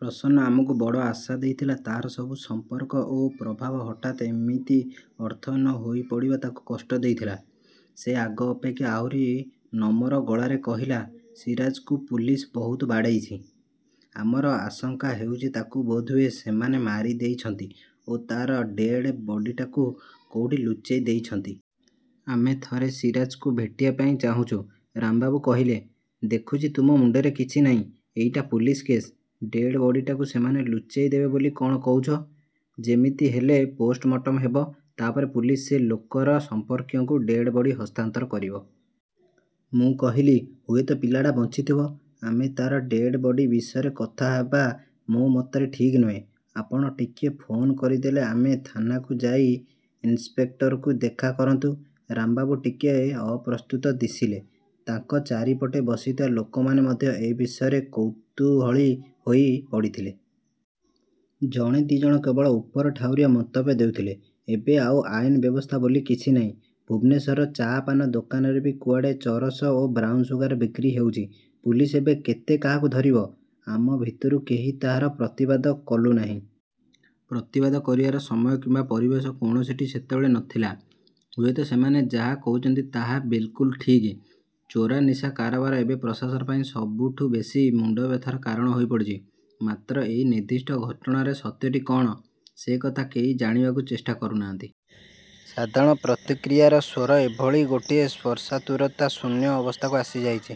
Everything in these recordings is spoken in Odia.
ପ୍ରସନ୍ନ ଆମକୁ ବଡ଼ ଆଶା ଦେଇଥିଲା। ତାର ସବୁ ସମ୍ପର୍କ ଓ ପ୍ରଭାବ ହଠାତ୍ ଏମିତି ଅର୍ଥହୀନ ହୋଇପଡ଼ିବା ତାକୁ କଷ୍ଟ ଦେଇଥିଲା। ସେ ଆଗ ଅପେକ୍ଷା ଆହୁରି ନମର ଗଳାରେ କହିଲା, "ସିରାଜକୁ ପୁଲିସ ବହୁତ ବାଡ଼େଇଛି। ଆମର ଆଶଙ୍କା ହେଉଛି ତାକୁ ବୋଧହୁଏ ସେମାନେ ମାରି ଦେଇଛନ୍ତି ଓ ତାର ଡେଡ୍ ବଡିଟାକୁ କୋଉଠି ଲୁଚେଇ ଦେଇଛନ୍ତି। ଆମେ ଥରେ ସିରାଜକୁ ଭେଟିବା ପାଇଁ ଚାହୁଁଛୁ। " ରାମବାବୁ କହିଲେ, "ଦେଖୁଛି ତୁମ ମୁଣ୍ଡରେ କିଛି ନାହିଁ। ଏଇଟା ପୁଲିସ କେସ୍। ଡେଡ୍ ବଡିଟାକୁ ସେମାନେ ଲୁଚେଇଦେବେ ବୋଲି କଣ କହୁଛ? ଯେମିତି ହେଲେ ପୋଷ୍ଟମର୍ଟମ୍ ହେବ। ତାପରେ ପୁଲିସ ସେ ଲୋକର ସମ୍ପର୍କୀୟଙ୍କୁ ଡେଡ୍ ବଡି ହସ୍ତାନ୍ତର କରିବ। " ମୁଁ କହିଲି, "ହୁଏତ ପିଲାଟା ବଞ୍ଚିଥିବ। ଆମେ ତାର ଡେଡ୍ ବଡି ବିଷୟରେ କଥା ହେବା ମୋ ମତରେ ଠିକ୍ ନୁହେଁ। ଆପଣ ଟିକିଏ ଫୋନ୍ କରିଦେଲେ ଆମେ ଥାନାକୁ ଯାଇ ଇନିସ୍ପେକ୍ଟରକୁ ଦେଖା କରନ୍ତୁ। " ରାମବାବୁ ଟିକେ ଅପ୍ରସ୍ତୁତ ଦିଶିଲେ। ତାଙ୍କ ଚାରିପଟେ ବସିଥିବା ଲୋକମାନେ ମଧ୍ୟ ଏ ବିଷୟରେ କୌତୂହଳୀ ହୋଇ ପଡ଼ିଥିଲେ। ଜଣେ ଦି'ଜଣ କେବଳ ଉପରଠାଉରିଆ ମନ୍ତବ୍ୟ ଦେଇଥିଲେ–ଏବେ ଆଉ ଆଇନ ବ୍ୟବସ୍ଥା ବୋଲି କିଛି ନାହିଁ। ଭୁବନେଶ୍ୱରର ଚା ପାନ ଦୋକାନରେ ବି କୁଆଡ଼େ ଚରସ ଓ ବ୍ରାଉନ୍ ସୁଗାର୍ ବିକ୍ରି ହେଉଛି। ପୁଲିସ ଏବେ କେତେ କାହାକୁ ଧରିବ! ଆମ ଭିତରୁ କେହି ତାର ପ୍ରତିବାଦ କଲୁନାହିଁ। ପ୍ରତିବାଦ କରିବାର ସମୟ କିମ୍ବା ପରିବେଶ କୌଣସିଟି ସେତେବେଳେ ନଥିଲା। ହୁଏତ ସେମାନେ ଯାହା କହୁଛନ୍ତି ତାହା ବିଲ୍କୁଲ୍। ଠିକ୍। ଚୋରା ନିଶା କାରବାର ଏବେ ପ୍ରଶାସନ ପାଇଁ ସବୁଠୁ ବେଶି ମୁଣ୍ଡବ୍ୟଥାର କାରଣ ହୋଇପଡ଼ିଛି। ମାତ୍ର ଏଇ ନିର୍ଦ୍ଦିଷ୍ଟ ଘଟଣାରେ ସତ୍ୟଟି କଣ, ସେକଥା କେହି ଜାଣିବାକୁ ଚେଷ୍ଟା କରୁନାହାନ୍ତି। ସାଧାରଣ ପ୍ରତିକ୍ରିୟାର ସ୍ୱର ଏଭଳି ଗୋଟେ ସ୍ପର୍ଶାତୁରତା ଶୂନ୍ୟ ଅବସ୍ଥାକୁ ଆସିଯାଇଛି।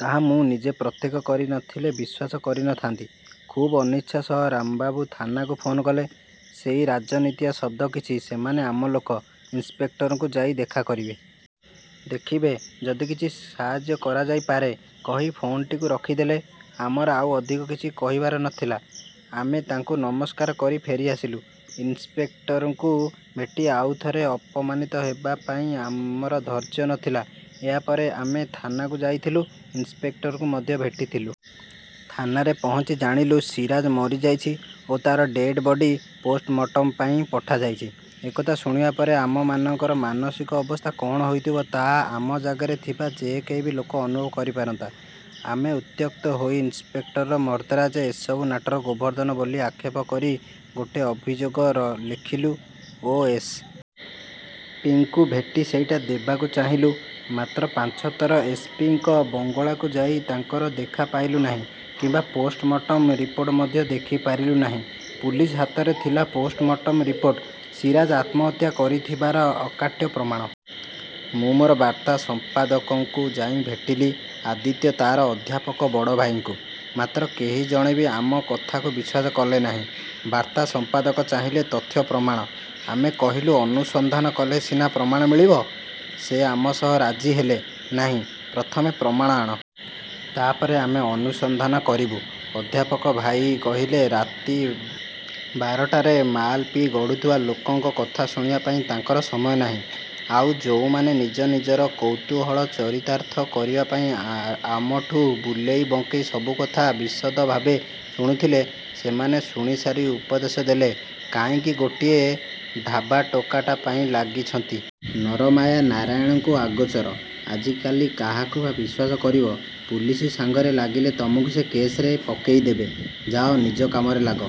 ତାହା ମୁଁ ନିଜେ ପ୍ରତ୍ୟକ୍ଷ କରି ନଥିଲେ ବିଶ୍ୱାସ କରି ନଥାନ୍ତି। ଖୁବ୍ ଅନିଚ୍ଛା ସହ ରାମବାବୁ ଥାନାକୁ ଫୋନ୍ କଲେ। ସେଇ ରାଜନୀତିଆ ଶବ୍ଦ କିଛି, "ସେମାନେ ଆମ ଲୋକ। ଇନିସ୍ପେକ୍ଟରଙ୍କୁ ଯାଇ ଦେଖା କରିବେ। ଦେଖିବେ, ଯଦି କିଛି ସାହାଯ୍ୟ କରାଯାଇ ପାରେ...। " କହି ଫୋନ୍ଟିକୁ ରଖିଦେଲେ। ଆମର ଆଉ ଅଧିକ କିଛି କହିବାର ନଥିଲା। ଆମେ ତାଙ୍କୁ ନମସ୍କାର କରି ଫେରିଆସିଲୁ। ଇନିସ୍ପେକ୍ଟରଙ୍କୁ ଭେଟି ଆଉ ଥରେ ଅପମାନିତ ହେବା ପାଇଁ ଆମର ଧୈର୍ଯ୍ୟ ନଥିଲା। ଏହାପରେ ଆମେ ଥାନାକୁ ଯାଇଥିଲୁ, ଇନିସ୍ପେକ୍ଟରଙ୍କୁ ମଧ୍ୟ ଭେଟିଥିଲୁ। ଥାନାରେ ପହଞ୍ଚି ଜାଣିଲୁ, ସିରାଜ ମରିଯାଇଛି ଓ ତାର ଡେଡ୍ ବଡି ପୋଷ୍ଟମର୍ଟମ ପାଇଁ ପଠାଯାଇଛି। ଏକଥା ଶୁଣିବା ପରେ ଆମମାନଙ୍କର ମାନସିକ ଅବସ୍ଥା କଣ ହୋଇଥିବ ତାହା ଆମ ଜାଗାରେ ଥିବା ଯେକେହି ଲୋକ ଅନୁଭବ କରିପାରନ୍ତା। ଆମେ ଉତ୍ତ୍ୟକ୍ତ ହୋଇ ଇନିସ୍ପେକ୍ଟର ମର୍ଦ୍ଦରାଜ ଏସବୁ ନାଟର ଗୋବର୍ଦ୍ଧନ ବୋଲି ଆକ୍ଷେପ କରି ଗୋଟେ ଅଭିଯୋଗ ଲେଖିଲୁ ଓ ଏସ୍. ପି. ଙ୍କୁ ଭେଟି ସେଇଟା ଦେବାକୁ ଚାହିଁଲୁ। ମାତ୍ର ପାଞ୍ଚଥର ଏସ୍. ପି. ଙ୍କ ବଙ୍ଗଳାକୁ ଯାଇ ତାଙ୍କର ଦେଖା ପାଇଲୁ ନାହିଁ କିମ୍ବା ପୋଷ୍ଟମର୍ଟମ ରିପୋର୍ଟ ମଧ୍ୟ ଦେଖିପାରିଲୁ ନାହିଁ। ପୁଲିସ ହାତରେ ଥିଲା ପୋଷ୍ଟମର୍ଟମ ରିପୋର୍ଟ, ସିରାଜ ଆତ୍ମହତ୍ୟା କରିଥିବାର ଅକାଟ୍ୟ ପ୍ରମାଣ। ମୁଁ ମୋର ବାର୍ତ୍ତା ସଂପାଦକଙ୍କୁ ଯାଇ ଭେଟିଲି, ଆଦିତ୍ୟ ତାର ଅଧ୍ୟାପକ ବଡ଼ଭାଇଙ୍କୁ। ମାତ୍ର କେହି ଜଣେ ବି ଆମ କଥାକୁ ବିଶ୍ୱାସ କଲେ ନାହିଁ। ବାର୍ତ୍ତା ସଂପାଦକ ଚାହିଁଲେ ତଥ୍ୟ, ପ୍ରମାଣ। ଆମେ କହିଲୁ, ଅନୁସନ୍ଧାନ କଲେ ସିନା ପ୍ରମାଣ ମିଳିବ। ସେ ଆମ ସହ ରାଜି ହେଲେ ନାହିଁ–ପ୍ରଥମେ ପ୍ରମାଣ ଆଣ। ତାପରେ ଆମେ ଅନୁସନ୍ଧାନ କରିବୁ। ଅଧ୍ୟାପକ ଭାଇ କହିଲେ, ରାତି ବାରଟାରେ ମାଲ୍ ପିଇ ଗଡ଼ୁଥିବା ଲୋକଙ୍କ କଥା ଶୁଣିବା ପାଇଁ ତାଙ୍କର ସମୟ ନାହିଁ। ଆଉ ଯୋଉମାନେ ନିଜ ନିଜର କୌତୂହଳ ଚରିତାର୍ଥ କରିବା ପାଇଁ ଆମଠୁଁ ବୁଲେଇ ବଙ୍କେଇ ସବୁକଥା ବିଶଦ ଭାବେ ଶୁଣୁଥିଲେ, ସେମାନେ ଶୁଣିସାରି ଉପଦେଶ ଦେଲେ, "କାହିଁକି ଗୋଟେ ଢାବା ଟୋକାଟା ପାଇଁ ଲାଗିଛନ୍ତି? ନର ମାୟା ନାରାୟଣଙ୍କୁ ଆଗୋଚର। ଆଜିକାଲି କାହାକୁ ବା ବିଶ୍ୱାସ କରିବ? ପୁଲିସ ସାଙ୍ଗରେ ଲାଗିଲେ ତମକୁ ସେ କେସରେ ପକେଇଦେବେ। ଯାଅ, ନିଜ କାମରେ ଲାଗ।